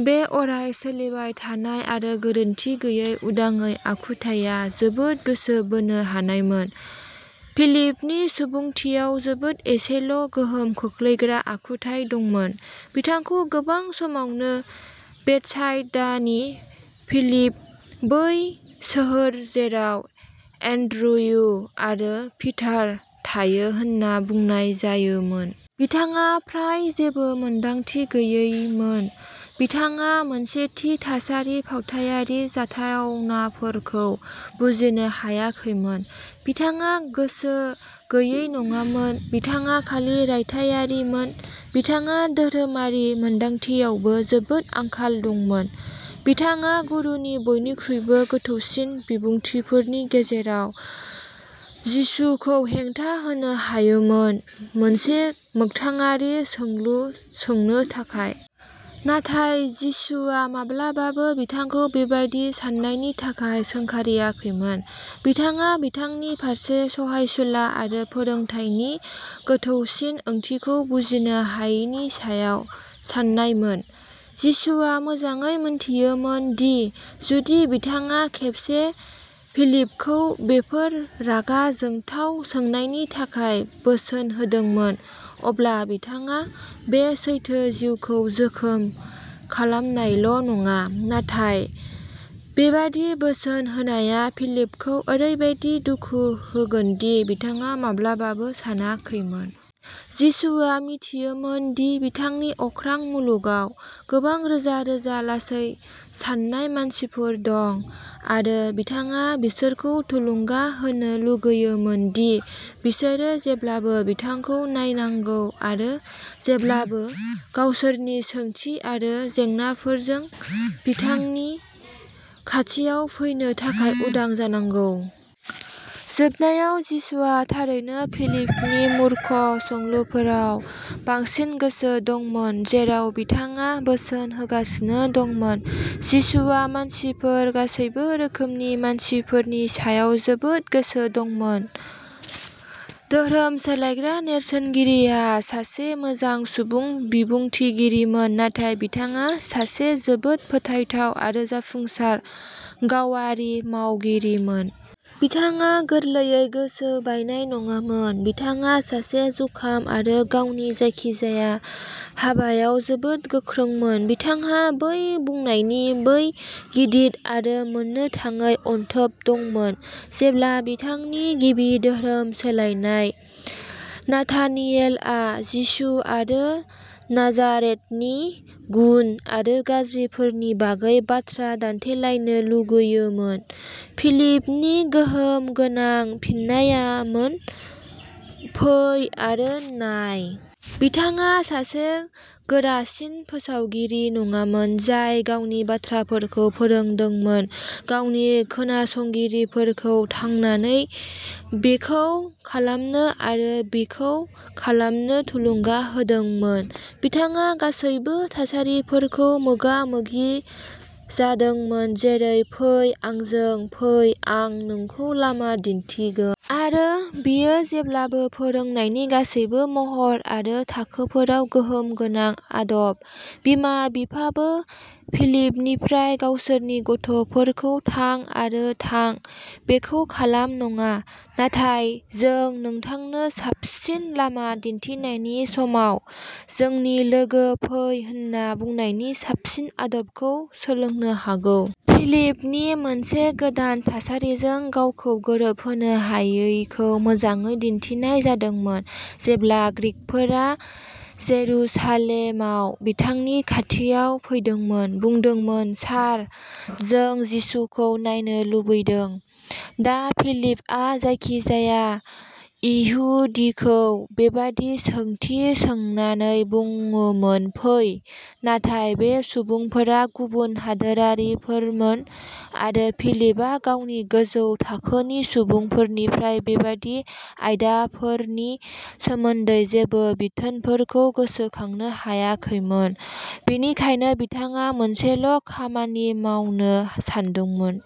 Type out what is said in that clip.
बे अराय सोलिबाय थानाय आरो गोरोनथि गैयै उदाङै आखुथाइया जोबोद गोसो बोनो हानायमोन। फिलिपनि सुबुंथियाव जोबोद एसेल' गोहोम खोख्लैग्रा आखुथाय दंमोन। बिथांखौ गोबां समावनो बेथसाइदानि फिलिप, बै सोहोर जेराव एन्ड्रयु आरो पिटार थायो होनना बुंनाय जायोमोन। बिथाङा फ्राय जेबो मोनदांथि गैयैमोन बिथाङा मोनसे थि थासारिनि फावथायारि जाथावनाफोरखौ बुजिनो हायाखैमोन। बिथाङा गोसो गैयै नङामोन बिथाङा खालि रायथाइआरिमोन। बिथाङा धोरोमारि मोनदांथियावबो जोबोद आंखाल दंमोन। बिथाङा गुरुनि बयनिख्रुइबो गोथौसिन बिबुंथिफोरनि गेजेराव जिसुखौ हेंथा होनो हायामोन मोनसे मोगथाङारि सोंलु सोंनो थाखाय। नाथाय जिसुआ माब्लाबाबो बिथांखौ बेबादि साननायनि थाखाय सोंखारियाखैमोन बिथाङा बिथांनि फारसे सहायसुला आरो फोरोंथायनि गोथौसिन ओंथिखौ बुजिनो हायैनि सायाव सान्नायमोन। जिसुआ मोजाङै मोनथियोमोन दि, जुदि बिथाङा खेबसे फिलिपखौ बेफोर रागा जोंथाव सोंनायनि थाखाय बोसोन होदोंमोन, अब्ला बिथाङा बे सैथो जिउखौ जोखोम खालामनायल' नङा, नाथाय बेबादि बोसोन होनाया फिलिपखौ ओरैबादि दुखु होगोनदि बिथाङा माब्लाबाबो सानाखैमोन। जिसुआ मिथियोमोन दि बिथांनि अख्रां मुलुगाव गोबां रोजा रोजा लासै साननाय मानसिफोर दं, आरो बिथाङा बिसोरखौ थुलुंगा होनो लुगैयोमोन दि बिसोरो जेब्लाबो बिथांखौ नायनांगौ आरो जेब्लाबो गावसोरनि सोंथि आरो जेंनाफोरजों बिथांनि खाथियाव फैनो थाखाय उदां जानांगौ। जोबनायाव, जिसुआ थारैनो फिलिपनि मुरखु सोंलुफोराव बांसिन गोसो दंमोन, जेराव बिथाङा बोसोन होगासिनो दंमोन। जिसुआ मानसिफोर, गासैबो रोखोमनि मानसिफोरनि सायाव जोबोद गोसो दंमोन। धोरोम सोलायग्रा नेरसोनगिरिआ सासे मोजां सुबुं बिबुंथिगिरिमोन, नाथाय बिथाङा सासे जोबोद फोथायथाव आरो जाफुंसार गावारि मावगिरिमोन। बिथाङा गोरलैयै गोसो बायनाय नङामोन बिथाङा सासे जुकाम आरो गावनि जायखिजाया हाबायाव जोबोद गोख्रोंमोन। बिथांहा फै बुंनायनि बै गिदिर आरो मोननो थाङै अनथोब दंमोन। जेब्ला बिथांनि गिबि धोरोम सोलायनाय नाथानियेलआ जिसु आरो नाजारेथनि गुन आरो गाज्रिफोरनि बागै बाथ्रा दान्थेलायनो लुगैयोमोन, फिलिपनि गोहोम गोनां फिननायामोन फै आरो नाय। बिथाङा सासे गोरासिन फोसावगिरि नङामोन, जाय गावनि बाथ्राफोरखौ फोरोंदोंमोन। गावनि खोनासंगिरिफोरखौ थांनानै बेखौ खालामनो आरो बेखौ खालामनो थुलुंगा होदोंमोन। बिथाङा गासैबो थासारिफोरखौ मोगा मोगि जादोंमोन जेरै फै आंजों फै आं नोंखौ लामा दिन्थिगोन। आरो बेयो जेब्लाबो फोरोंनायनि गासैबो महर आरो थाखोफोराव गोहोम गोनां आदब। बिमा-बिफाबो फिलिपनिफ्राय गावसोरनि गथ'फोरखौ थां आरो थां बेखौ खालाम नङा, नाथाय जों नोंथांनो साबसिन लामा दिन्थिनायनि समाव जोंनि लोगो फै होनना बुंनायनि साबसिन आदबखौ सोलोंनो हागौ। फिलिपनि मोनसे गोदान थासारिजों गावखौ गोरोबहोनो हायैखौ मोजाङै दिन्थिनाय जादोंमोन जेब्ला ग्रीकफोरा जेरुसालेमाव बिथांनि खाथियाव फैदोंमोन, बुंदोंमोन सार जों जिसुखौ नायनो लुबैदों। दा फिलिपआ जायखिजाया इहुदिखौ बेबादि सोंथि सोंनानै बुङोमोन फै। नाथाय बे सुबुंफोरा गुबुन हादोरारिफोरमोन आरो फिलिपआ गावनि गोजौ थाखोनि सुबुंफोरनिफ्राय बेबादि आयदाफोरनि सोमोन्दै जेबो बिथोनफोरखौ गोसोखांनो हायाखैमोन बेनिखायनो बिथाङा मोनसेल' खामानि मावनो सानदोंमोन।